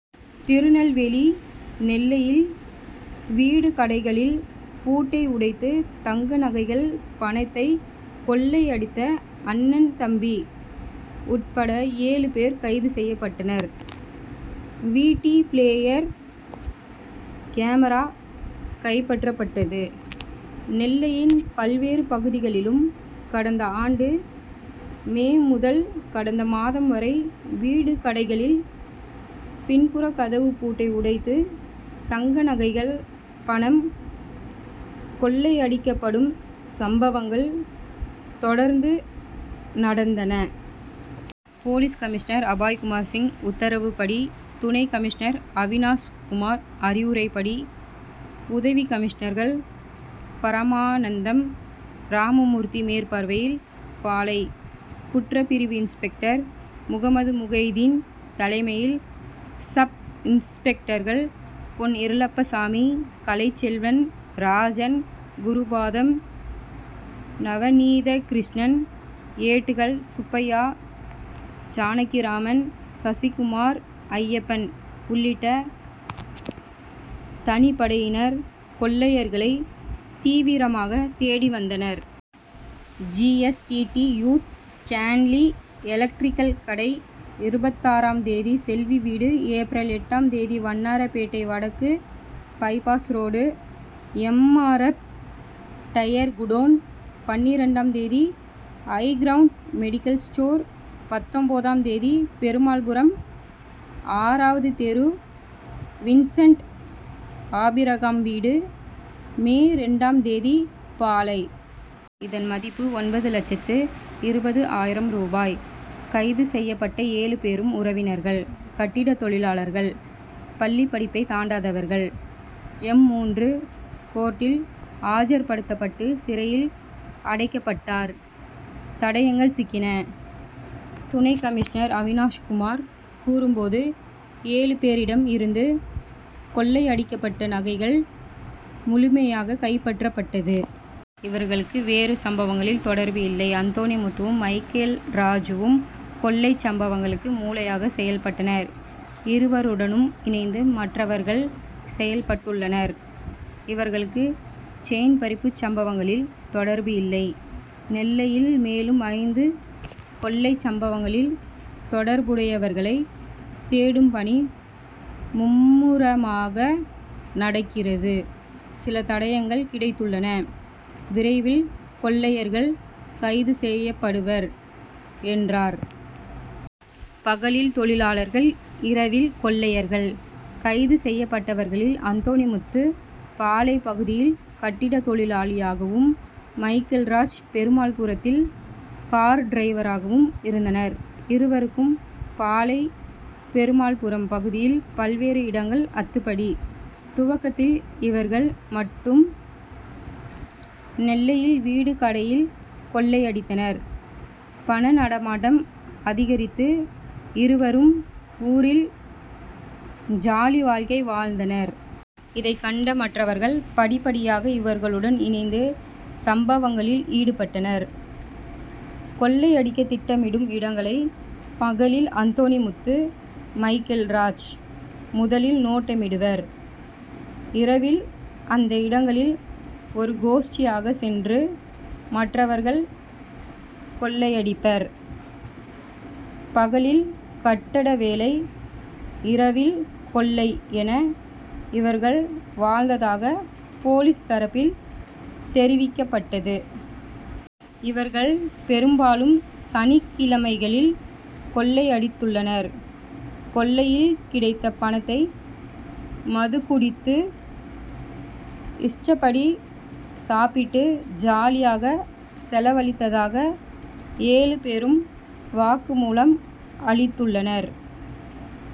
திருநெல்வேலி நெல்லையில் வீடு, கடைகளில் பூட்டை உடைத்து தங்கநகைகள், பணத்தை கொள்ளையடித்த அண்ணன், தம்பி உட்பட ஏழு பேர் கைது செய்யப்பட்டனர். வி. டி., பிளேயர், கேமரா கைப்பற்றப்பட்டது. நெல்லையின் பல்வேறு பகுதிகளிலும் கடந்த ஆண்டு மே முதல் கடந்த மாதம் வரை வீடு, கடைகளில் பின்புறக்கதவுப்பூட்டை உடைத்து தங்கநகைகள், பணம் கொள்ளையடிக்கப்படும் சம்பவங்கள் தொடர்ந்து நடந்தன. போலீஸ் கமிஷனர் அபய்குமார் சிங் உத்தரவுப்படி துணை கமிஷனர் அவினாஷ்குமார் அறிவுரைப்படி, உதவி கமிஷனர்கள் பரமானந்தம், ராமமூர்த்தி மேற்பார்வையில் பாளை. குற்றப்பிரிவு இன்ஸ்பெக்டர் முகம்மதுமுகைதீன் தலைமையில் சப்-இன்ஸ்பெக்டர்கள் பொன். இருளப்பசாமி, கலைச்செல்வன், ராஜன், குருபாதம், நவநீதகிருஷ்ணன், ஏட்டுகள் சுப்பையா, ஜானகிராமன், சசிக்குமார், ஐயப்பன் உள்ளிட்ட தனிப்படையினர் கொள்ளையர்களை தீவிரமாக தேடி வந்தனர். G. S. T. D., booth, Stanley electrical கடை, இருபத்தாறாம் தேதி செல்வி வீடு, ஏப்ரல் எட்டாம் தேதி வண்ணார்பேட்டை வடக்கு bypass road M. R. F., tyre godown, பன்னிரண்டாம் தேதி ஐகிரவுண்ட் மெடிக்கல் ஸ்டோர், பத்தொன்பதாம் தேதி பெருமாள்புரம் ஆறாவது தெரு வின்சென்ட் ஆபிரகாம் வீடு, மே இரண்டாம் தேதி பாளை. இதன் மதிப்பு ஒன்பது லட்சத்து இருபது ஆயிரம் ரூபாய். கைது செய்யப்பட்ட ஏழு பேரும் உறவினர்கள். கட்டடத்தொழிலாளர்கள். பள்ளிப்படிப்பை தாண்டாதவர்கள். எம்.மூன்று கோர்ட்டில் ஆஜர்படுத்தப்பட்டு சிறையில் அடைக்கப்பட்டார். தடயங்கள் சிக்கின: துணை கமிஷனர் அவினாஷ்குமார் கூறும்போது, ஏழு பேரிடம் இருந்து கொள்ளையடிக்கப்பட்ட நகைகள் முழுமையாக கைப்பற்றப்பட்டது. இவர்களுக்கு வேறு சம்பவங்களில் தொடர்பு இல்லை. அந்தோணிமுத்துவும், மைக்கேல் ராஜூம் கொள்ளைச்சம்பவங்களுக்கு மூளையாக செயல்பட்டனர். இருவருடனும் இணைந்து மற்றவர்கள் செயல்பட்டுள்ளனர். இவர்களுக்கு செயின்பறிப்புச்சம்பவங்களில் தொடர்பு இல்லை. நெல்லையில் மேலும் ஐந்து கொள்ளைச்சம்பவங்களில் தொடர்புடையவர்களை தேடும் பணி மும்முரமாக நடக்கிறது. சில தடயங்கள் கிடைத்துள்ளன. விரைவில் கொள்ளையர்கள் கைது செய்யப்படுவர் என்றார். பகலில் தொழிலாளர்கள்' இரவில் கொள்ளையர்கள்': கைது செய்யப்பட்டவர்களில் அந்தோணிமுத்து பாளை. பகுதியில் கட்டடத்தொழிலாளியாகவும், மைக்கேல்ராஜ் பெருமாள்புரத்தில் கார் டிரைவராகவும் இருந்தனர். இருவருக்கும் பாளை., பெருமாள்புரம் பகுதியில் பல்வேறு இடங்கள் அத்துபடி. துவக்கத்தில் இவர்கள் மட்டும் நெல்லையில் வீடு, கடையில் கொள்ளையடித்தனர். பண நடமாட்டம்' அதிகரித்து இருவரும் ஊரில் ஜாலிவாழ்க்கை வாழ்ந்தனர். இதை கண்ட மற்றவர்கள் படிப்படியாக இவர்களுடன் இணைந்து சம்பவங்களில் ஈடுபட்டனர். கொள்ளையடிக்க திட்டமிடும் இடங்களை பகலில் அந்தோணிமுத்து, மைக்கேல்ராஜ் முதலில் நோட்டமிடுவர். இரவில் அந்த இடங்களில் ஒரு கோஷ்டியாக சென்று மற்றவர்கள் கொள்ளையடிப்பர். பகலில் கட்டட வேலை, இரவில் கொள்ளை என இவர்கள் வாழ்ந்ததாக போலீஸ் தரப்பில் தெரிவிக்கப்பட்டது. இவர்கள் பெரும்பாலும் சனிக்கிழமைகளில் கொள்ளையடித்துள்ளனர். கொள்ளையில் கிடைத்த பணத்தை மதுகுடித்து, இஷ்டப்படி சாப்பிட்டு ஜாலியாக செலவழித்ததாக ஏழு பேரும் வாக்குமூலம் அளித்துள்ளனர்.